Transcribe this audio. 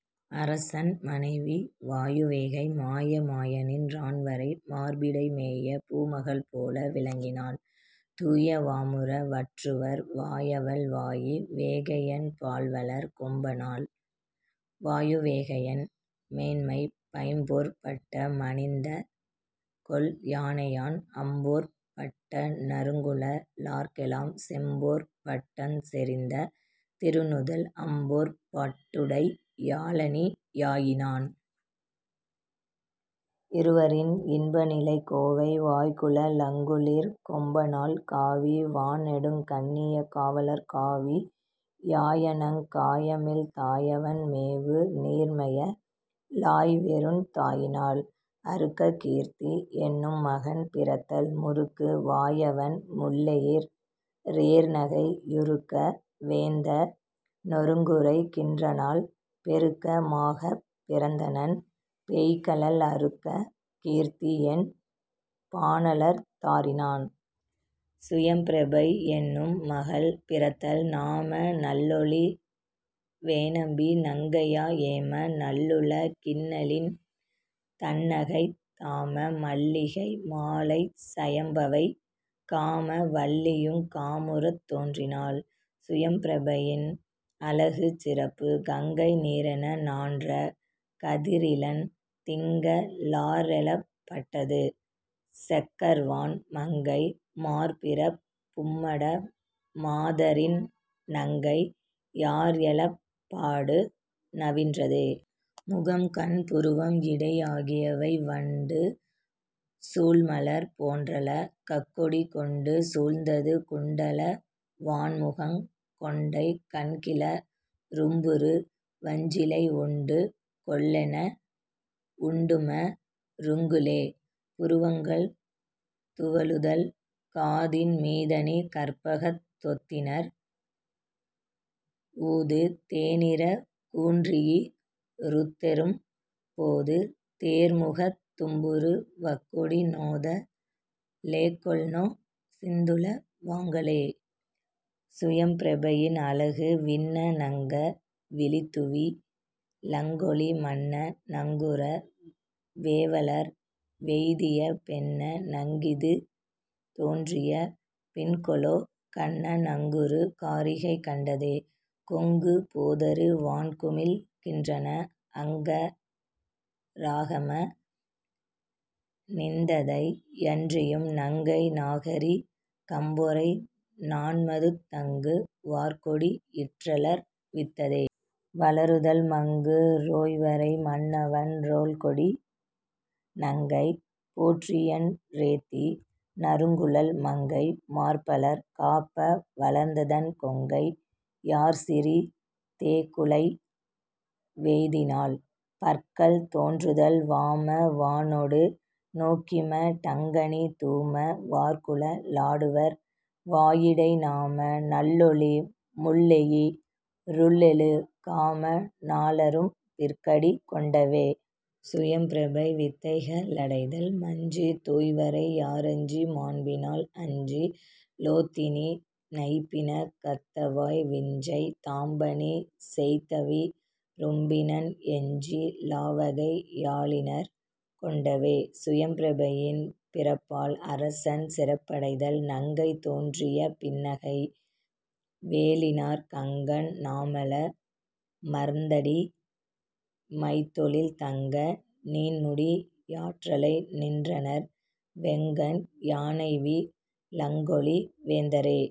அரசன் மனைவி வாயுவேகை மாய மாயநின் றான்வரை மார்பிடை மேய பூமகள் போல விளங்கினாள் தூய வாமுறு வற்றுவர் வாயவள் வாயு வேகையென் பாள்வளர் கொம்பனாள். வாயுவேகையின் மேன்மை பைம்பொற் பட்ட மணிந்த கொல் யானையான் அம்பொற் பட்ட நறுங்குழ லார்க்கெலாம் செம்பொற் பட்டஞ் செறிந்த திருநுதல் அம்பொற் பட்டுடை யாளணி யாயினான். இருவரின் இன்பநிலை கோவை வாய்குழ லங்குளிர் கொம்பனாள் காவி வாணெடுங் கண்ணியக் காவலற் காவி யாயணங் காயமிழ் தாயவன் மேவு நீர்மைய ளாய்விருந் தாயினாள். அருக்ககீர்த்தி என்னும் மகன் பிறத்தல் முருக்கு வாயவண் முள்ளெயிற் றேர்நகை யுருக்க வேந்த னொருங்குறை கின்றநாள் பெருக்க மாகப் பிறந்தனன் பெய்கழல் அருக்க கீர்த்தி யென் பானலர் தாரினான். சுயம்பிரபை என்னும் மகள் பிறத்தல் நாம நள்லொளி வேனம்பி நங்கையா யேம நல்லுல கின்னிழிந் தந்நகைத் தாம மல்லிகை மாலைச் சயம்பவை காம வல்லியுங் காமுறத் தோன்றினாள். சுயம்பிரபையின் அழகுச் சிறப்பு கங்கை நீரன ஞான்ற கதிரிளந் திங்க ளாற்றெழப் பட்டது செக்கர்வான் மங்கை மார்பிறப் பும்மட மாதரிந் நங்கை யாற்றெழப் பாடு நவின்றதே. முகம், கண், புருவம், இடை ஆகியவை வண்டு சூழ்மலர் போன்றள கக்கொடி கொண்டு சூழ்ந்தது குண்டல வாண்முகங் கொண்டை கண்கிள ரும்புரு வஞ்சிலை உண்டு கொல்லென வுண்டும ருங்குலே. புருவங்கள் துவளுதல் காதின் மீதணி கற்பகத் தொத்திணர் ஊது தேனிற கூன்றியி ருத்தொறும் போது தேர்முகத் தும்புரு வக்கொடி நோத லேகொல்நொ சிந்துள வாங்களே. சுயம்பிரபையின் அழகு விண்ண ணங்க விழித்துவி ளங்கொளி மண்ண ணங்குற வேவளர் வெய்திய பெண்ண ணங்கிது தோன்றிய பின்கொலோ கன்ன ணங்குறு காரிகை கண்டதே. கொங்கு போதரு வான்குமிழ் கின்றன அங்க ராகம ணிந்ததை யன்றியும் நங்கை நாகரி கம்பொறை நாண்மதுத் தங்கு வார்கொடி யிற்றளர் வித்ததே. வளருதல் மங்கு றோய்வரை மன்னவன் றொல்குடி நங்கை போற்றியென் றேத்தி நறுங்குழல் மங்கை மார்பலர் காப்ப வளர்ந்துதன் கொங்கை யாற்சிறி தேகுழை வெய்தினாள். பற்கள் தோன்றுதல் வாம வாணொடு நோக்கிம டங்கனி தூம வார்குழ லாடுவர் வாயிடை நாம நள்லொளி முள்ளெயி றுள்ளெழு காம னாளரும் பிற்கடி கொண்டவே. சுயம்பிரபை வித்தைகளடைதல் மஞ்சு தோய்வரை யாரஞ்சு மாண்பினால் அஞ்சி லோதிநி னைப்பின கத்தவாய் விஞ்சை தாம்பணி செய்தல்வி ரும்பினன் எஞ்சி லாவகை யாலிணர் கொண்டவே. சுயம்பிரபையின் பிறப்பால் அரசன் சிறப்படைதல் நங்கை தோன்றிய பின்னகை வேலினாற் கங்கண் ஞாமல மர்ந்தடி மைத்தொழில் தங்க நீண்முடி யாற்றலை நின்றனர் வெங்கண் யானைவி ளங்கொளி வேந்தரே.